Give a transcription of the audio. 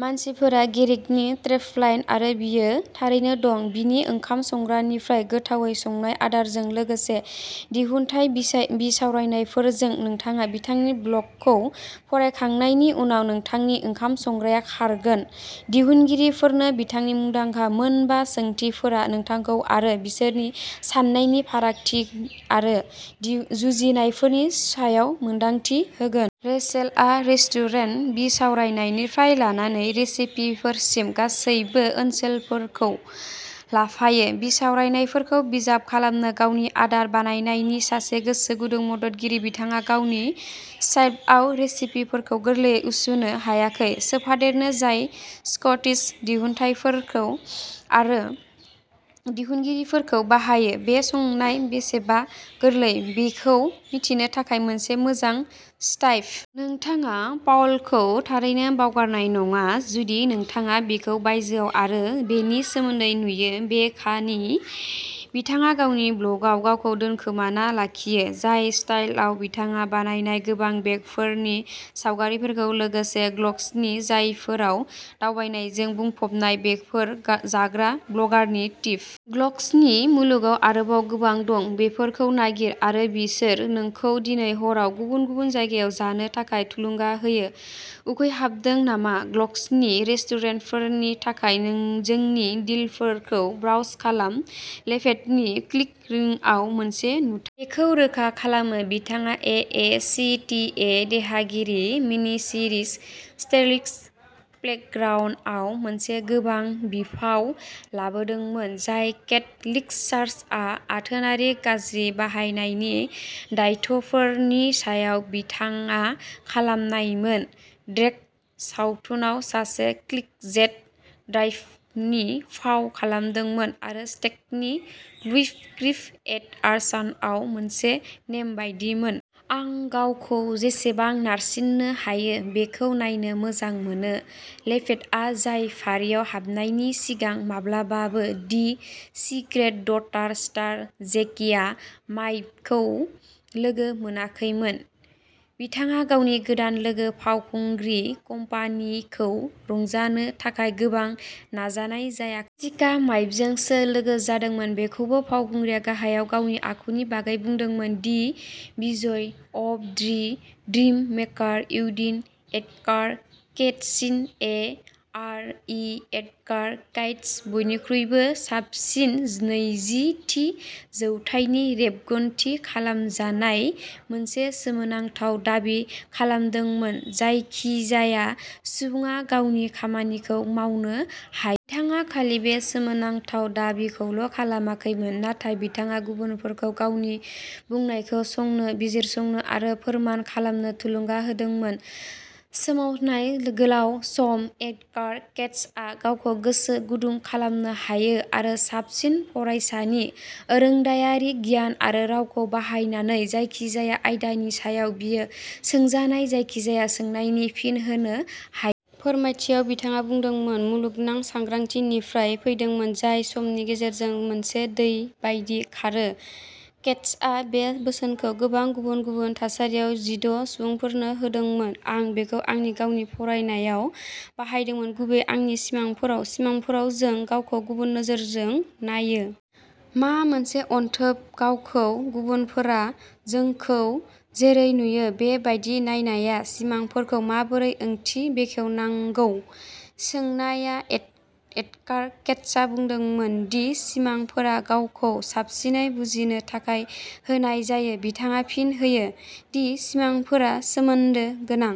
मानसिफ्रा गेरिनि स्ट्रेपलाइन आरो बियो थारैनो दं बिनि ओंखाम संग्रानिफ्राय गोथावै संनाय आदारजों लोगोसे दिहुनथाय बिसाय बिसावरायनायफोरजों नोंथाङा बिथांनि ब्लगखौ फरायखांनायनि उनाव नोंथांनि ओंखाम संग्रायाव खारगोन। दिहुनगिरिफोरनो बिथांनि मुंदांखा मोन बा सोंथिफोरा नोंथांखौ आरो बिसोरनि साननायनि फारिखान्थि आरो दि जुजिनायफोरनि सायाव मोनदांथि होगोन। रेचेलआ रेस्टुरेन्ट बिसावरायनायनिफ्राय लानानै रेसिपिफोरसिम गासैबो ओनसोलफोरखौ लाफायो, बिसावरायफोरखौ बिजाब खालामनो। गावनि आदार बानायनायनि सासे गोसोगुदुं मददगिरि, बिथाङा गावनि साइटआव रेसिपिफोरखौ गोरलैयै उनसंनो हानायखौ सोफादेरो, जाय स्कटिस दिहुनथायफोर आरो दिहुनगिरिफोरखौ बाहायो। बेयो संनाया बेसेबां गोरलै बेखौ मिथिनो थाखाय मोनसे मोजां सिटाब। नोंथाङा पाउलाखौ थारैनो बावगारनाय नङा, जुदि नोंथाङा बिखौ बायजोआव आरो बेनि सोमोन्दै नुयो, बबेखानि बिथाङा गावनि ब्लगआव गावखौ दोनखोमाना लाखियो, जाय साइटआव बिथाङा बानायनाय गोथाव बेकफोरनि सावगारिफोरजों लोगोसे ग्लासग'नि जायगाफोराव दावबायनायजों बुंफबनाय। बेफोरो गा जाग्रा ब्लगारनि टिपल'। ग्लासग'नि मुलुगाव आरोबाव गोबां दं। बेफोरखौ नागिर आरो बिसोर नोंखौ दिनै हराव गुबुन गुबुन जायगायाव जानो थाखाय थुलुंगा होयो। उखैहाबदों नामा? ग्लासग'नि रेस्टुरेन्टफोरनि थाखाय नों जोंनि डिलफोरखौ ब्राउज खालाम। लेभेटनि क्लिप रिलआव मोनसे नुथा बेखौ रोखा खालामो बिथाङा ए ए सि टि ए देरहागिरि मिनिसिरिज डेविल्स प्लेग्राउन्दआव मोनसे गोबां बिफाव लादोंमोन, जाय केथ'लिक चार्चआव आथोनारि गाज्रि बाहायनायनि दायफोरनि सायाव बिथांआ खालामनायमोन, ड्र'न सावथुनाव सासे क्लोजेट डाइभारनि फाव खालामदोंमोन आरो स्टेननि वुल्फ क्रीक एडाप्टेसनआव मोनसे नेमबादिमोन। आं गावखौ बेसेबां नारसिननो हायो बेखौ नायनो मोजां मोनो लेभेटआ जाय फारिआव हाबनायनि सिगां माब्लाबाबो the secret daughter star Jessica माबयखौ लोगो मोनाखैमोन। बिथाङा गावनि गोदान लोगो फावखुंगुर कम्पानीखौ रंजानो थाखाय गोबां नाजानाय जाया जेसिका माबयजों सोर लोगो जादोंमोन, बेखौबो। फावखुंग्रिआ गाहायाव गावनि आखुनि बागै बुंदोंमोन। The wisdom of the ड्रि dream maker उइदिन। एडगार केइसनि A R E Edgar Cayce, बयनिख्रुइबो बांसिन। नैजि थि जौथाइनि रेबगान्थि खालामजानाय मोनसे सोमोनांथाव दाबि खालामदोंमोन जायखिजाया सुबुङा गावनि खामानिखौ मावनो हा। बिथाङा खालि बे सोमोनांथाव दाबिखौल' खालामाखैमोन, नाथाय बिथाङा गुबुनफोरखौ गावनि बुंनायखौ संनो, बिजिरसंनो आरो फोरमान खालामनो थुलुंगा होदोंमोन। सोफायाव गोलांनाय समाव, एडगार केइसआ गावखौ गोसो गुदुं खालामनो हायो आरो साबसिन फरायसानि आरोंदायारि गियान आरो रावखौ बाहायनानै जायखिजाया आयदानि सायाव बियो सोंजानाय जायखिजाया सोंनायनि फिन होनो हा। फोरमायथिया, बिथाङा बुंदोंमोन, मुलुगनां सांग्रांथि निफ्राय फैदोंमोन, जाय समनि गेजेरजों मोनसे दै बायदि खारो। केइसआ बे बोसोनखौ गोबां गुबुन-गुबुन थासारियाव जिद’ सुबुंफोरनो होदोंमोन। आं बेखौ आंनि गावनि फरायनायाव बाहायदोंमोन, गुबैयै आंनि सिमांफोराव। सिमांफोराव, जों गावखौ गुबुन नोजोरजों नायो। मा मोनसे अनथोब गावखौ गुबुनफोरा जोंखौ जेरै नुयो बे बायदि नायनाया। सिमांफोरखौ माबोरै ओंथि बेखेवनांगौ सोंनायाव, एड एडगार केइसआ बुंदोंमोन दि सिमांफोरा गावखौ साबसिनै बुजिनो थाखाय होनाय जायो। बिथाङा फिन होयो दि सिमांफोरा सोमोन्दो गोनां।